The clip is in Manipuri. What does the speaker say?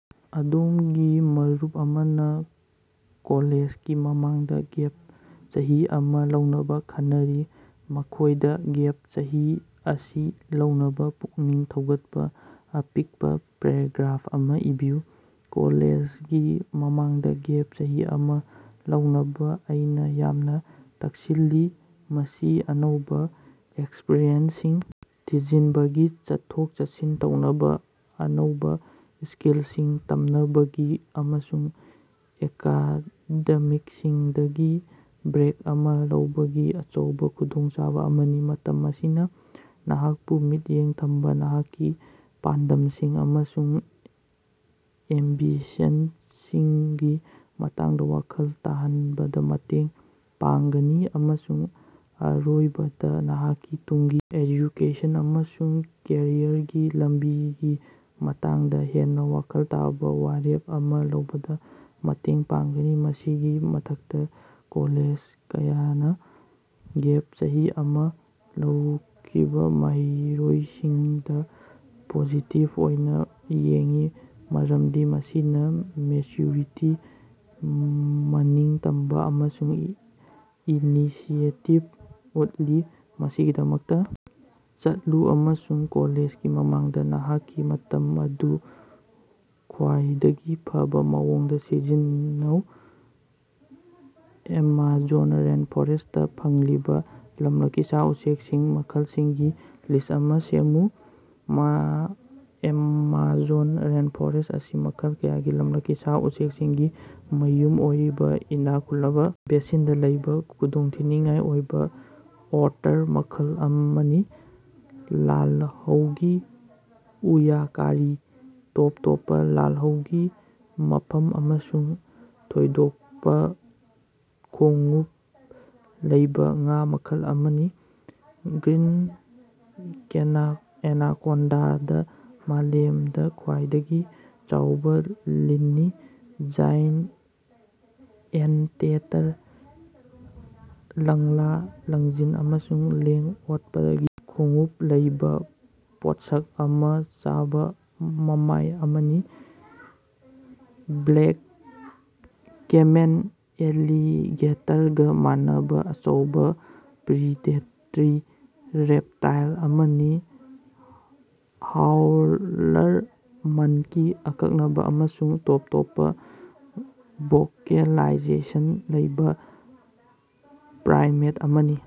ꯑꯗꯣꯝꯒꯤ ꯃꯔꯨꯞ ꯑꯃꯅ ꯀꯣꯂꯦꯖꯒꯤ ꯃꯃꯥꯡꯗ ꯒꯦꯞ ꯆꯍꯤ ꯑꯃ ꯂꯧꯅꯕ ꯈꯟꯅꯔꯤ꯫ ꯃꯈꯣꯏꯗ ꯒꯦꯞ ꯆꯍꯤ ꯑꯁꯤ ꯂꯧꯅꯕ ꯄꯨꯛꯅꯤꯡ ꯊꯧꯒꯠꯄ ꯑꯄꯤꯛꯄ ꯄꯦꯔꯥꯒ꯭ꯔꯥꯞ ꯑꯃ ꯏꯕꯤꯌꯨ꯫ ꯀꯣꯂꯦꯖꯒꯤ ꯃꯃꯥꯡꯗ ꯒꯦꯞ ꯆꯍꯤ ꯑꯃ ꯂꯧꯅꯕ ꯑꯩꯅ ꯌꯥꯝꯅ ꯇꯛꯁꯤꯜꯂꯤ ꯃꯁꯤ ꯑꯅꯧꯕ ꯑꯦꯛꯁꯄꯔꯤꯌꯦꯟꯁꯁꯤꯡ ꯊꯤꯖꯤꯅꯕꯒꯤ ꯆꯠꯊꯣꯛ ꯆꯠꯁꯤꯟ ꯇꯧꯅꯕ ꯑꯅꯧꯕ ꯁꯀꯤꯜꯁꯤꯡ ꯇꯝꯅꯕꯒꯤ ꯑꯃꯁꯨꯡ ꯑꯦꯀꯥꯗꯃꯤꯛꯁꯤꯡꯗꯒꯤ ꯕ꯭ꯔꯦꯛ ꯑꯃ ꯂꯧꯕꯒꯤ ꯑꯆꯧꯕ ꯈꯨꯗꯣꯡꯆꯥꯕ ꯑꯃꯅꯤ꯫ ꯃꯇꯝ ꯑꯁꯤꯅ ꯅꯍꯥꯛꯄꯨ ꯃꯤꯠꯌꯦꯡ ꯊꯝꯕ ꯅꯍꯥꯛꯀꯤ ꯄꯥꯟꯗꯝꯁꯤꯡ ꯑꯃꯁꯨꯡ ꯑꯦꯝꯕꯤꯁꯟꯁꯤꯡꯒꯤ ꯃꯇꯥꯡꯗ ꯋꯥꯈꯜ ꯇꯥꯍꯟꯕꯗ ꯃꯇꯦꯡ ꯄꯥꯡꯒꯅꯤ ꯑꯃꯁꯨꯡ ꯑꯔꯣꯏꯕꯗ ꯅꯍꯥꯛꯀꯤ ꯇꯨꯡꯒꯤ ꯑꯦꯖꯨꯀꯦꯁꯟ ꯑꯃꯁꯨꯡ ꯀꯦꯔꯤꯌꯔꯒꯤ ꯂꯝꯕꯤꯒꯤ ꯃꯇꯥꯡꯗ ꯍꯦꯟꯅ ꯋꯥꯈꯜ ꯇꯥꯕ ꯋꯥꯔꯦꯞ ꯑꯃ ꯂꯧꯕꯗ ꯃꯇꯦꯡ ꯄꯥꯡꯒꯅꯤ꯫ ꯃꯁꯤꯒꯤ ꯃꯊꯛꯇ ꯀꯣꯂꯦꯖ ꯀꯌꯥꯅ ꯒꯦꯞ ꯆꯍꯤ ꯑꯃ ꯂꯧꯈꯤꯕ ꯃꯍꯩꯔꯣꯏꯁꯤꯡꯗ ꯄꯣꯖꯤꯇꯤꯞ ꯑꯣꯏꯅ ꯌꯦꯡꯏ ꯃꯔꯝꯗꯤ ꯃꯁꯤꯅ ꯃꯦꯆꯌꯨꯔꯤꯇꯤ ꯃꯅꯤꯡꯇꯝꯕ ꯑꯃꯁꯨꯡ ꯏꯅꯤꯁꯤꯌꯦꯇꯤꯞ ꯎꯠꯂꯤ꯫ ꯃꯁꯤꯒꯤꯗꯃꯛꯇ ꯆꯠꯂꯨ ꯑꯃꯁꯨꯡ ꯀꯣꯂꯦꯖꯒꯤ ꯃꯃꯥꯡꯗ ꯅꯍꯥꯛꯀꯤ ꯃꯇꯝ ꯑꯗꯨ ꯈ꯭ꯋꯥꯏꯗꯒꯤ ꯐꯕꯥ ꯃꯑꯣꯡꯗ ꯁꯤꯖꯤꯟꯅꯧ꯫ ꯑꯦꯃꯥꯖꯣꯟ ꯔꯦꯟꯐꯣꯔꯦꯁꯇꯥ ꯐꯪꯂꯤꯕ ꯂꯝꯂꯛꯀꯤ ꯁꯥ ꯎꯆꯦꯛꯁꯤꯡ ꯃꯈꯜꯁꯤꯡꯒꯤ ꯂꯤꯁ ꯑꯃ ꯁꯦꯝꯃꯨ꯫ ꯃꯥ ꯑꯦꯃꯥꯖꯣꯟ ꯔꯦꯟꯐꯣꯔꯦꯁ ꯑꯁꯤ ꯃꯈꯜ ꯀꯌꯥꯒꯤ ꯂꯝꯂꯛꯀꯤ ꯁꯥ ꯎꯆꯦꯛꯁꯤꯡꯒꯤ ꯃꯌꯨꯝ ꯑꯣꯏꯔꯤꯕ ꯏꯅꯥꯛ ꯈꯨꯜꯂꯕ ꯕꯦꯁꯤꯟꯗ ꯂꯩꯕ ꯈꯨꯗꯣꯡꯊꯤꯅꯤꯉꯥꯏ ꯑꯣꯏꯕ ꯑꯣꯇꯔ ꯃꯈꯜ ꯑꯃꯅꯤ꯫ ꯂꯥꯜꯍꯧꯒꯤ ꯎꯌꯥꯀꯥꯔꯤ ꯇꯣꯞ ꯇꯣꯞꯄ ꯂꯥꯜꯍꯧꯒꯤ ꯃꯐꯝ ꯑꯃꯁꯨꯡ ꯊꯣꯏꯗꯣꯛꯄ ꯈꯣꯡꯎꯞ ꯂꯩꯕ ꯉꯥ ꯃꯈꯜ ꯑꯃꯅꯤ꯫ ꯒ꯭ꯔꯤꯟ ꯑꯦꯅꯥꯀꯣꯟꯗꯥ ꯃꯥꯂꯦꯃꯗ ꯈ꯭ꯋꯥꯏꯗꯒꯤ ꯆꯥꯎꯕ ꯂꯤꯟꯅꯤ꯫ ꯖꯥꯏꯟ ꯑꯦꯟꯇꯦꯇꯔ ꯂꯪꯂꯥ ꯂꯪꯖꯤꯟ ꯑꯃꯁꯨꯡ ꯂꯦꯡ ꯑꯣꯠꯄꯒꯤ ꯈꯣꯡꯎꯞ ꯂꯩꯕ ꯄꯣꯠꯁꯛ ꯑꯃ ꯆꯥꯕ ꯃꯃꯥꯏ ꯑꯃꯅꯤ꯫ ꯕ꯭ꯂꯦꯛ ꯀꯦꯃꯦꯟ ꯑꯦꯂꯤꯒꯦꯇꯔꯒ ꯃꯥꯟꯅꯕ ꯑꯆꯧꯕ ꯄ꯭ꯔꯤꯗꯦꯇꯔꯤ ꯔꯦꯞꯇꯥꯏꯜ ꯑꯃꯅꯤ꯫ ꯍꯥꯎꯂꯔ ꯃꯟꯀꯤ ꯑꯀꯛꯅꯕ ꯑꯃꯁꯨꯡ ꯇꯣꯞ ꯇꯣꯞꯄ ꯚꯣꯀꯦꯂꯥꯏꯖꯦꯁꯟ ꯂꯩꯕ ꯄ꯭ꯔꯥꯏꯃꯦꯠ ꯑꯃꯅꯤ꯫